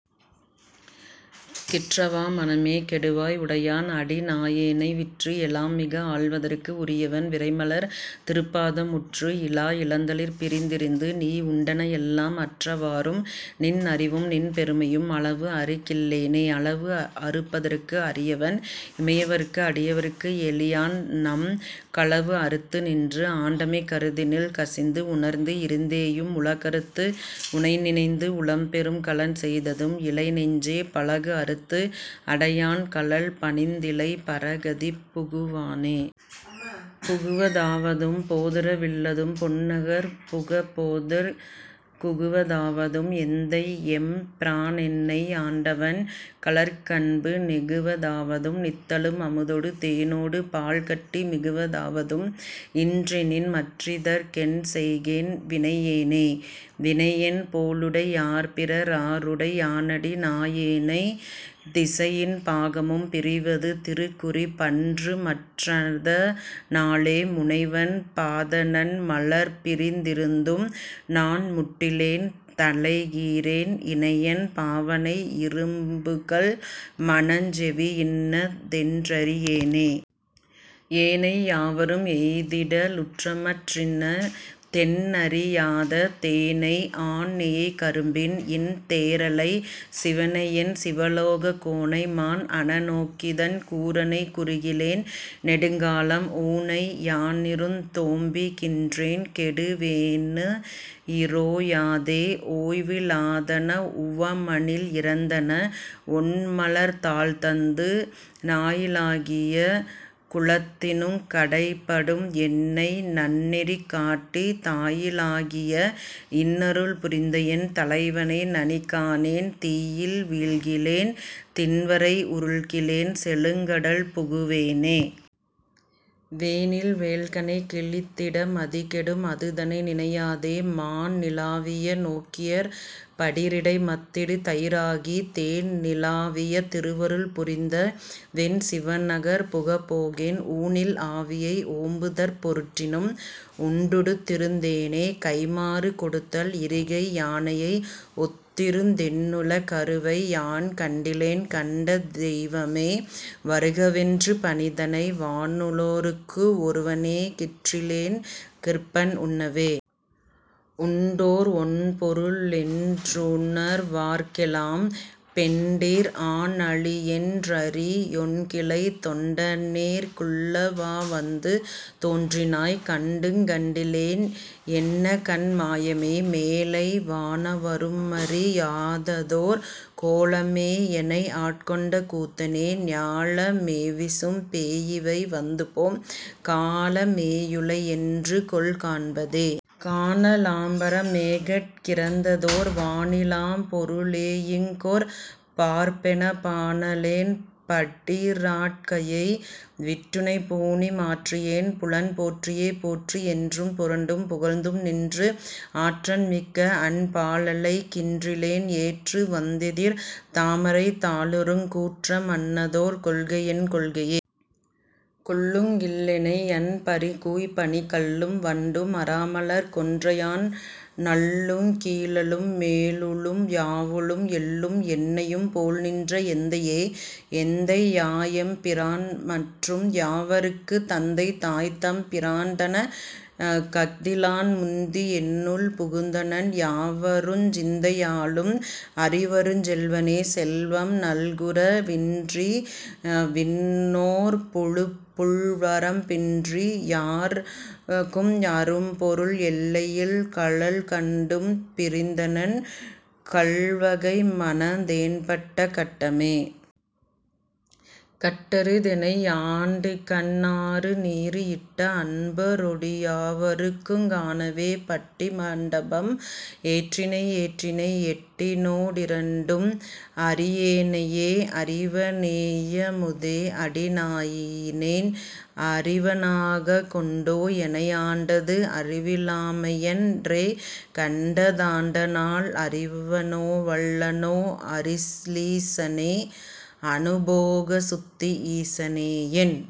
கிற்றவா மனமே கெடுவாய் உடையான் அடி நாயேனை விற்று எலாம் மிக ஆள்வதற்கு உரியவன் விரைமலர் திருப் பாதம் முற்று இலா இளந்தளிர் பிரிந்திருந்து நீ உண்டன எல்லாம் அற்றவாறும் நின் அறிவும் நின்பெருமையும் அளவு அறுக் கில்லேனே. அளவு அறுப்பதற்கு அரியவன் இமையவர்க்கு அடியவர்க்கு எளியான் நம் களவு அறுத்து நின்று ஆண்டமை கருத்தினுள் கசிந்து உணர்ந்து இருந்தேயும் உள கறுத்து உனை நினைந்து உளம் பெரும் களன் செய்ததும் இலை நெஞ்சே பளகு அறுத்து அடையான் கழல் பணிந்திலை பரகதி புகுவானே. புகுவ தாவதும் போதர வில்லதும் பொன்னகர் புகப்போதற் குகுவ தாவதும் எந்தையெம் பிரானென்னை யாண்டவன் சுழற்கன்பு நெகுவ தாவதும் நித்தலும் அமுதொடு தேனொடு பால்கட்டி மிகுவ தாவதும் இன்றெனின் மற்றிதற் கென்செய்கேன் வினையேனே. வினையென் போலுடை யார்பிற ராருடை யானடி நாயேனைத் திசையின் பாகமும் பிரிவது திருக்குறிப் பன்றுமற் றதணாலே முனைவன் பாதநன் மலர்பிரிந் திருந்தும்நான்முட்டிலேன் தலைகீறேன் இனையன் பாவனை யிரும்புகல் மனஞ்செவி யின்னதென் றறியேனே. ஏனை யாவரும் எய்திட லுற்றமற் றின்ன தென் றறியாத தேனை ஆன்நெயைக் கரும்பின் இன் தேறலைச் சிவனையென் சிவலோகக் கோனை மான்அன நோக்கிதன் கூறனைக் குறுகிலேன் நெடுங்காலம் ஊனை யானிருந் தோம்புகின் றேன்கெடு வேனுயி ரோயாதே. ஓய்வி லாதன உவமனில் இறந்தன ஒண்மலர்த் தாள்தந்து நாயி லாகிய குலத்தினுங் கடைப்படும் என்னைநன் னெறிகாட்டித் தாயி லாகிய இன்னருள் புரிந்தஎன் தலைவனை நனிகாணேன் தீயில் வீழ்கிலேன் திண்வரை உருள்கிலேன் செழுங்கடல் புகுவேனே. வேனில் வேள்கணை கிழித்திட மதிகெடும் அதுதனை நினையாதே மான்நி லாவிய நோக்கியர் படிறிடை மத்திடு தயிராகித் தேன்நி லாவிய திருவருள் புரிந்தவென் சிவனகர் புகப்போகேன் ஊனில் ஆவியை ஓம்புதற் பொருட்டினும் உண்டுடுத் திருந்தேனே.. கைம்மாறு கொடுத்தல் இருகை யானையை ஒத்திருந் தென்னுளக் கருவை யான்கண்டி லேன் கண்ட தெய்வமே வருக வென்று பணித்தனை வானுளோர்க்கு ஒருவ னேகிற்றி லேன்கிற்பன் உண்ணவே. உண்டோ ர் ஒண்பொரு ளென்றுணர் வார்க்கெலாம் பெண்டிர் ஆண்அலி யென்றறி யொண்கிலை தொண்ட னேற்குள்ள வாவந்து தோன்றினாய் கண்டுங் கண்டிலேன் என்னகண் மாயமே. மேலை வானவ ரும்மறி யாததோர் கோல மேயெனை ஆட்கொண்ட கூத்தனே ஞால மேவிசும் பேயிவை வந்துபோம் கால மேயுளை யென்றுகொல் காண்பதே. காண லாம்பர மேகட் கிறந்ததோர் வாணி லாப் பொரு ளேயிங்கொர் பார்ப்பெனப் பாண ளேன்படிற் றாக்கையை விட்டுனைப் பூணு மாற்றி யேன் புலன் போற்றியே. போற்றி யென்றும் புரண்டும் புகழ்ந்தும்நின்று ஆற்றன் மிக்கஅன் பாலழைக் கின்றிலேன் ஏற்று வந்தெதிர் தாமரைத் தாளுறுங் கூற்ற மன்னதொர் கொள்கையென் கொள்கையே. கொள்ளுங் கில்லெனை யன்பரிற் கூய்ப்பணி கள்ளும் வண்டும் அறாமலர்க் கொன்றையான் நள்ளுங் கீழளும் மேலுளும் யாவுளும் எள்ளும் எண்ணெயும் போல்நின்ற எந்தையே. எந்தை யாயெம் பிரான்மற்றும் யாவர்க்குந் தந்தை தாய்தம் பிரான்தனக் கஃதிலான் முந்தி யென்னுள் புகுந்தனன் யாவருஞ் சிந்தை யாலும் அறிவருஞ் செல்வனே. செல்வம் நல்குர வின்றிவிண் ணோர்புழுப் புல்வரம் பின்றி யார்க்கும் அரும்பொருள் எல்லை யில்கழல் கண்டும் பிரிந்தனன் கல்வ கைமனத் தேன்பட்ட கட்டமே. கட்டறுத்தெனை யாண்டுகண் ணாரநீறு இட்ட அன்பரொ டியாவருங் காணவே பட்டி மண்டபம் ஏற்றினை ஏற்றினை எட்டி னோடிரண் டும் அறி யேனையே. அறிவ னேயமு தேஅடி நாயினேன் அறிவ னாகக் கொண்டோ எனை ஆண்டது அறிவி லாமையன் றேகண்ட தாண்டநாள் அறிவ னோவல்ல னோஅரு ளீசனே.. அநுபோகசுத்தி ஈசனேயென்